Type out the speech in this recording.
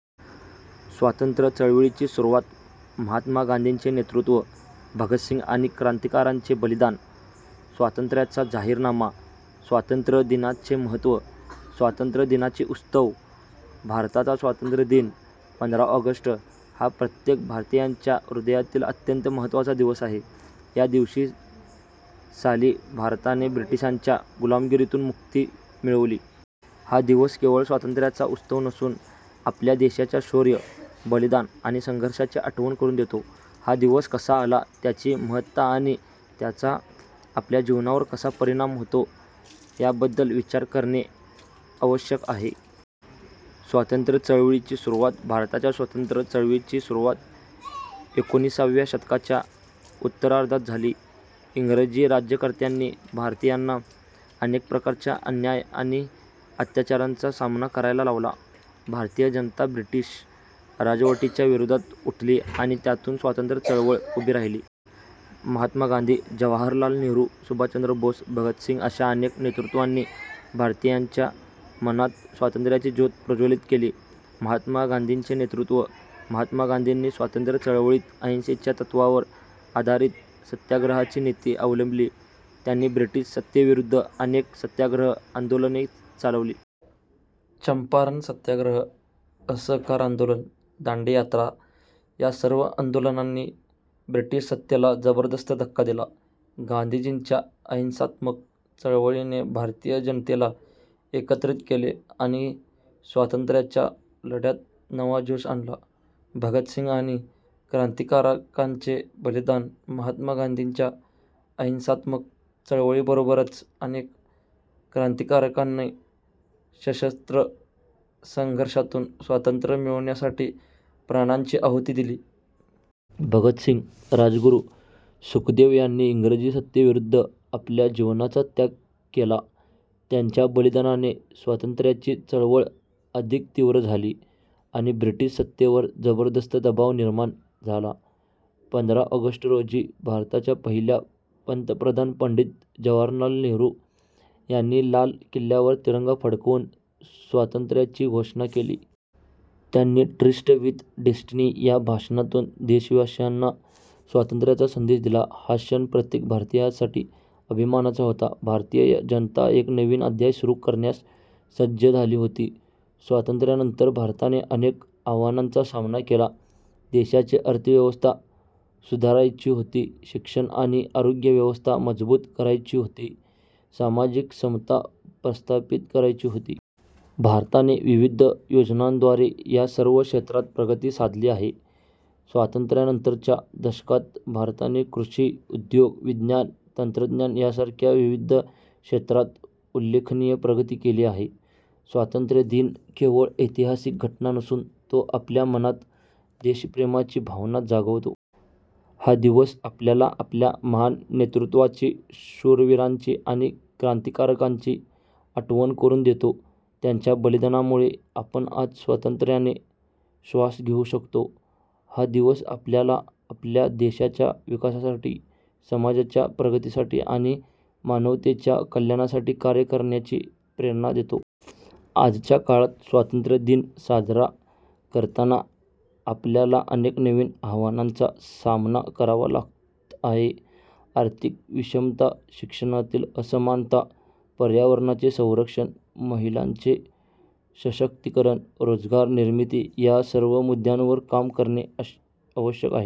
स्वातंत्र्य चळवळीची सुरुवात, महात्मा गांधींचे नेतृत्व, भगतसिंग आणि क्रांतिकारकांचे बलिदान, स्वातंत्र्याचा जाहीरनामा, स्वातंत्र्य दिनाचे महत्त्व, स्वातंत्र्य दिनाचे उत्सव. भारताचा स्वातंत्र्य दिन, पंधरा ऑगस्ट, हा प्रत्येक भारतीयांच्या हृदयातील अत्यंत महत्त्वाचा दिवस आहे. या दिवशी साली भारताने ब्रिटिशांच्या गुलामगिरीतून मुक्ती मिळवली. हा दिवस केवळ स्वातंत्र्याचा उत्सव नसून आपल्या देशाच्या शौर्य, बलिदान आणि संघर्षाची आठवण करून देतो. हा दिवस कसा आला, त्याची महत्ता आणि त्याचा आपल्या जीवनावर कसा परिणाम होतो, याबद्दल विचार करणे आवश्यक आहे. स्वातंत्र्य चळवळीची सुरुवात. भारताच्या स्वातंत्र्य चळवळीची सुरुवात एकोणिसाव्या शतकाच्या उत्तरार्धात झाली. इंग्रजी राज्यकर्त्यांनी भारतीयांना अनेक प्रकारच्या अन्याय आणि अत्याचारांचा सामना करायला लावला. भारतीय जनता ब्रिटिश राजवटीच्या विरोधात उठली आणि त्यातून स्वातंत्र्य चळवळ उभी राहिली. महात्मा गांधी, जवाहरलाल नेहरू, सुभाषचंद्र बोस, भगतसिंग अशा अनेक नेतृत्वांनी भारतीयांच्या मनात स्वातंत्र्याची ज्योत प्रज्वलित केली. महात्मा गांधींचे नेतृत्व. महात्मा गांधींनी स्वातंत्र्य चळवळीत अहिंसेच्या तत्त्वावर आधारित सत्याग्रहाची नीती अवलंबली. त्यांनी ब्रिटिश सत्तेविरुद्ध अनेक सत्याग्रह आंदोलने चालवली. चंपारण सत्याग्रह, असहकार आंदोलन, दांडी यात्रा या सर्व आंदोलनांनी ब्रिटिश सत्तेला जबरदस्त धक्का दिला. गांधीजींच्या अहिंसात्मक चळवळीने भारतीय जनतेला एकत्रित केले आणि स्वातंत्र्याच्या लढ्यात नवा जोश आणला. भगतसिंग आणि क्रांतिकारकांचे बलिदान. महात्मा गांधींच्या अहिंसात्मक चळवळीबरोबरच अनेक क्रांतिकारकांनी सशस्त्र संघर्षातून स्वातंत्र्य मिळवण्यासाठी प्राणांची आहुती दिली. भगतसिंग, राजगुरू, सुखदेव यांनी इंग्रजी सत्तेविरुद्ध आपल्या जीवनाचा त्याग केला. त्यांच्या बलिदानाने स्वातंत्र्याची चळवळ अधिक तीव्र झाली आणि ब्रिटिश सत्तेवर जबरदस्त दबाव निर्माण झाला. पंधरा ऑगस्ट रोजी भारताच्या पहिल्या पंतप्रधान पंडित जवाहरलाल नेहरू यांनी लाल किल्ल्यावर तिरंगा फडकवून स्वातंत्र्याची घोषणा केली. त्यांनी ट्रिस्ट विथ डेस्टिनी या भाषणातून देशवासीयांना स्वातंत्र्याचा संदेश दिला. हा क्षण प्रत्येक भारतीयासाठी अभिमानाचा होता. भारतीय जनता एक नवीन अध्याय सुरू करण्यास सज्ज झाली होती. स्वातंत्र्यानंतर भारताने अनेक आव्हानांचा सामना केला. देशाची अर्थव्यवस्था सुधारायची होती, शिक्षण आणि आरोग्य व्यवस्था मजबूत करायची होती, सामाजिक समता प्रस्थापित करायची होती. भारताने विविध योजनांद्वारे या सर्व क्षेत्रात प्रगती साधली आहे. स्वातंत्र्यानंतरच्या दशकांत भारताने कृषी, उद्योग, विज्ञान तंत्रज्ञान यासारख्या विविध क्षेत्रात उल्लेखनीय प्रगती केली आहे. स्वातंत्र्य दिन केवळ ऐतिहासिक घटना नसून तो आपल्या मनात देशप्रेमाची भावना जागवतो. हा दिवस आपल्याला आपल्या महान नेतृत्वाची, शूरवीरांची आणि क्रांतिकारकांची आठवण करून देतो. त्यांच्या बलिदानामुळे आपण आज स्वातंत्र्याने श्वास घेऊ शकतो. हा दिवस आपल्याला आपल्या देशाच्या विकासासाठी, समाजाच्या प्रगतीसाठी आणि मानवतेच्या कल्याणासाठी कार्य करण्याची प्रेरणा देतो. आजच्या काळात स्वातंत्र्य दिन साजरा करताना आपल्याला अनेक नवीन आव्हानांचा सामना करावा लागत आहे. आर्थिक विषमता, शिक्षणातील असमानता, पर्यावरणाचे संरक्षण, महिलांचे सशक्तीकरण, रोजगार निर्मिती या सर्व मुद्द्यांवर काम करणे आवश्यक आहे.